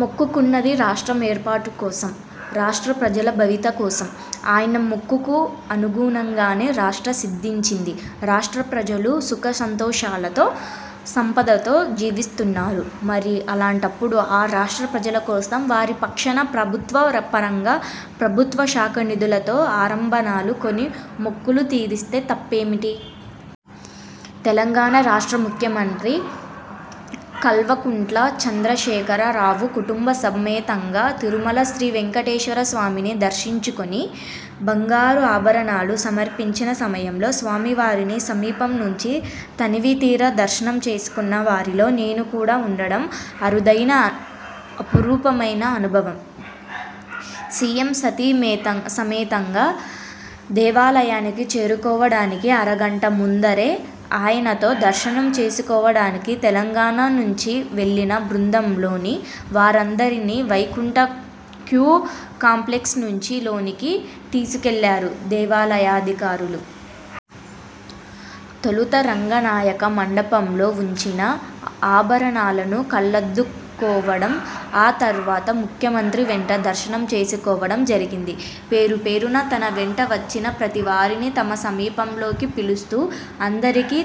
మొక్కుకున్నది రాష్ట్రం ఏర్పాటు కోసం, రాష్ట్ర ప్రజల భవిత కోసం. ఆయన మొక్కుకు అనుగుణంగానే రాష్ట్ర సిద్ధించింది. రాష్ట్ర ప్రజలు సుఖ శాంతులతో, సంపదతో జీవిస్తున్నారు. మరి, అలాంటప్పుడు, ఆ రాష్ట్ర ప్రజల కోసం, వారి పక్షాన ప్రభుత్వ పరంగా, ప్రభుత్వ శాఖ నిధులతో, ఆభరణాలు కొని మొక్కులు తీరిస్తే తప్పేంటి? తెలంగాణ రాష్ట్ర ముఖ్యమంత్రి కల్వకుంట్ల చంద్రశేఖర రావు కుటుంబ సమేతంగా తిరుమల శ్రీ వేంకటేశ్వర స్వామిని దర్శించుకుని బంగారు ఆభరణాలు సమర్పించిన సమయంలో స్వామివారిని సమీపం నుంచి తనివి తీరా దర్శనం చేసుకున్న వారిలో నేను కూడా వుండడం అరుదైన, అపురూపమైన అనుభవం. సీఎం సతీ సమేతంగా దేవాలయానికి చేరుకోవడానికి అర గంట ముందరే ఆయనతో దర్శనం చేసుకోవడానికి తెలంగాణ నుంచి వెళ్ళిన బృందంలోని వారందరినీ వైకుంఠం క్యూ కాంప్లెక్స్ నుంచి లోనికి తీసుకెళ్లారు దేవాలయాధికారులు. తొలుత రంగనాయక మండపంలో వుంచిన ఆభరణాలను కళ్లకద్దుకోవడం, ఆ తరువాత ముఖ్యమంత్రి వెంట దర్శనం చేసుకోవడం జరిగింది. పేరుపేరునా తన వెంట వచ్చిన ప్రతివారినీ తన సమీపంలోకి పిలుస్తూ, అందరికీ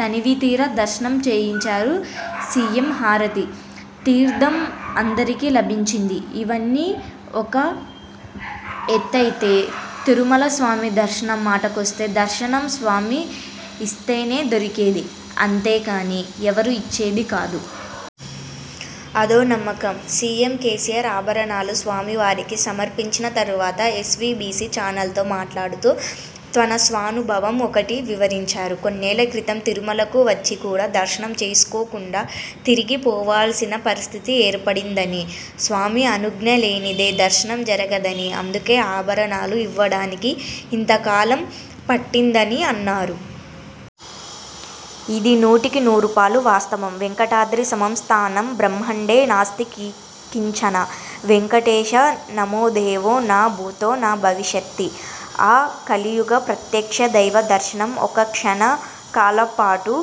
తనివితీరా దర్శనం చేయించారు సీఎం. హారతీ, తీర్థం అందరికీ లభించింది. ఇవన్నీ ఒక ఎత్తైతేతిరుమల స్వామి దర్శనం మాటకొస్తే ''దర్శనం స్వామి ఇస్తేనే దొరికేది'' అంతేకానీ ఎవరూ ఇచ్చేది కాదు. అదో నమ్మకం. సీఎం కేసీఆర్ ఆభరణాలు స్వామివారికి సమర్పించిన తరువాత ఎస్వీబీసీ ఛానల్తో మాట్లాడుతూ తన స్వానుభవం ఒకటి వివరించారు. కొన్నేళ్ల క్రితం తిరుమలకు వచ్చి కూడా, దర్శనం చేసుకోకుండా తిరిగి పోవాల్సిన పరిస్థితి ఏర్పడిందని, స్వామి అనుజ్ఞ లేనిదే దర్శనం జరగదని, అందుకే ఆభరణాలు ఇవ్వడానికి ఇంత కాలం పట్టిందనీ, అన్నారు. ఇది నూటికి నూరు పాళ్లు వాస్తవం. ''వేంకటాద్రి సమం స్థానం బ్రహ్మాండే నాస్తి కించన, వేంకటేశ సమోదేవో న భూతో న భవిష్యతి''. ఆ కలియుగ ప్రత్యక్ష దైవ దర్శనం ఒక్క క్షణ కాలంపాటు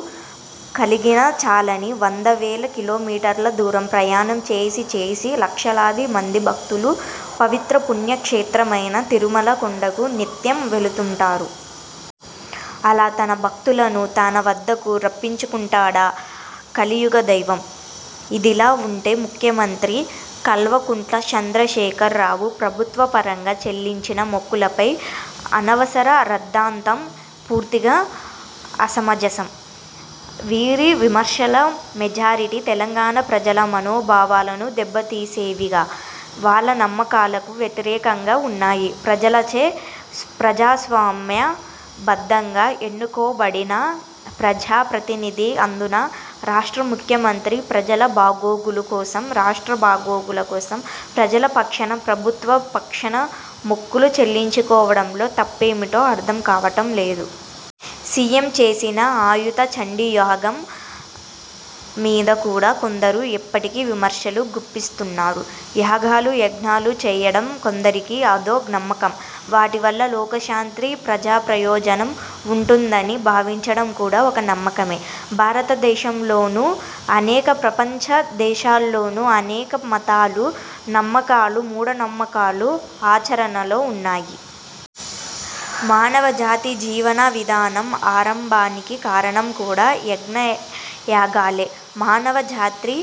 కలిగినా చాలని, వందల వేల కిలోమీటర్ల దూరం ప్రయాణం చేసి చేసి, లక్షలాది మంది భక్తులు, పవిత్ర పుణ్య క్షేత్రమైన తిరుమల కొండకు నిత్యం వెళుతుంటారు. అలా తన భక్తులను తాన వద్దకు రప్పించుకుంటాడా కలియుగ దైవం! ఇదిలా వుంటేముఖ్యమంత్రి కల్వకుంట్ల చంద్రశేఖర్ రావు ప్రభుత్వ పరంగా చెల్లించిన మొక్కులపై అనవసర రాద్ధాంతం పూర్తిగా అసమంజసం. వీరి విమర్శలు మెజారిటీ తెలంగాణ ప్రజల మనోభావాలను దెబ్బతీసేవిగా, వాళ్ల నమ్మకాలకు వ్యతిరేకంగా వున్నాయి. ప్రజలచే ప్రజాస్వామ్య బద్ధంగా ఎన్నుకోబడిన ప్రజా ప్రతినిధి, అందునా రాష్ట్ర ముఖ్యమంత్రి, ప్రజల బాగోగుల కోసం, రాష్ట్రం బాగోగుల కోసం, ప్రజల పక్షాన, ప్రభుత్వ పక్షాన మొక్కులు చెల్లించుకోవడంలో తప్పేంటో అర్థం కావడం లేదు. సీఎం చేసిన ఆయుత చండీ యాగం మీద కూడా కొందరు ఇప్పటికీ విమర్శలు గుప్పిస్తున్నారు. యాగాలు యజ్ఞాలు చేయడం కొందరికి అదో నమ్మకం. వాటివల్ల లోక శాంతి, ప్రజా ప్రయోజనం వుంటుందని భావించడం కూడా ఒక నమ్మకమే. భారతదేశంలోను, అనేక ప్రపంచ దేశాలలోను, అనేక మతాలు, నమ్మకాలు, మూఢనమ్మకాలు ఆచరణలో వున్నాయి. మానవ జాతి జీవన విధానం ఆరంభానికి కారణం కూడా యజ్ఞ యాగాలే. మానవ జాతి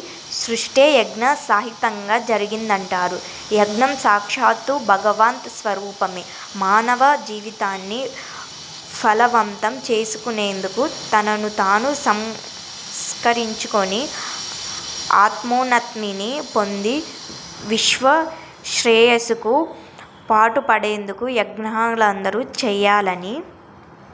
సృష్టే యజ్ఞ సహితంగా జరిగిందంటారు. యజ్ఞం సాక్షాత్తు భగవత్ స్వరూపమే. మానవ జీవితాన్ని ఫలవంతం చేసుకునేందుకు, తనను తాను సంస్కరించుకుని, ఆత్మోన్నత్నిని పొంది విశ్వ శ్రేయస్సుకు పాటుపడేందుకు యజ్ఞహాదులు చేయాలని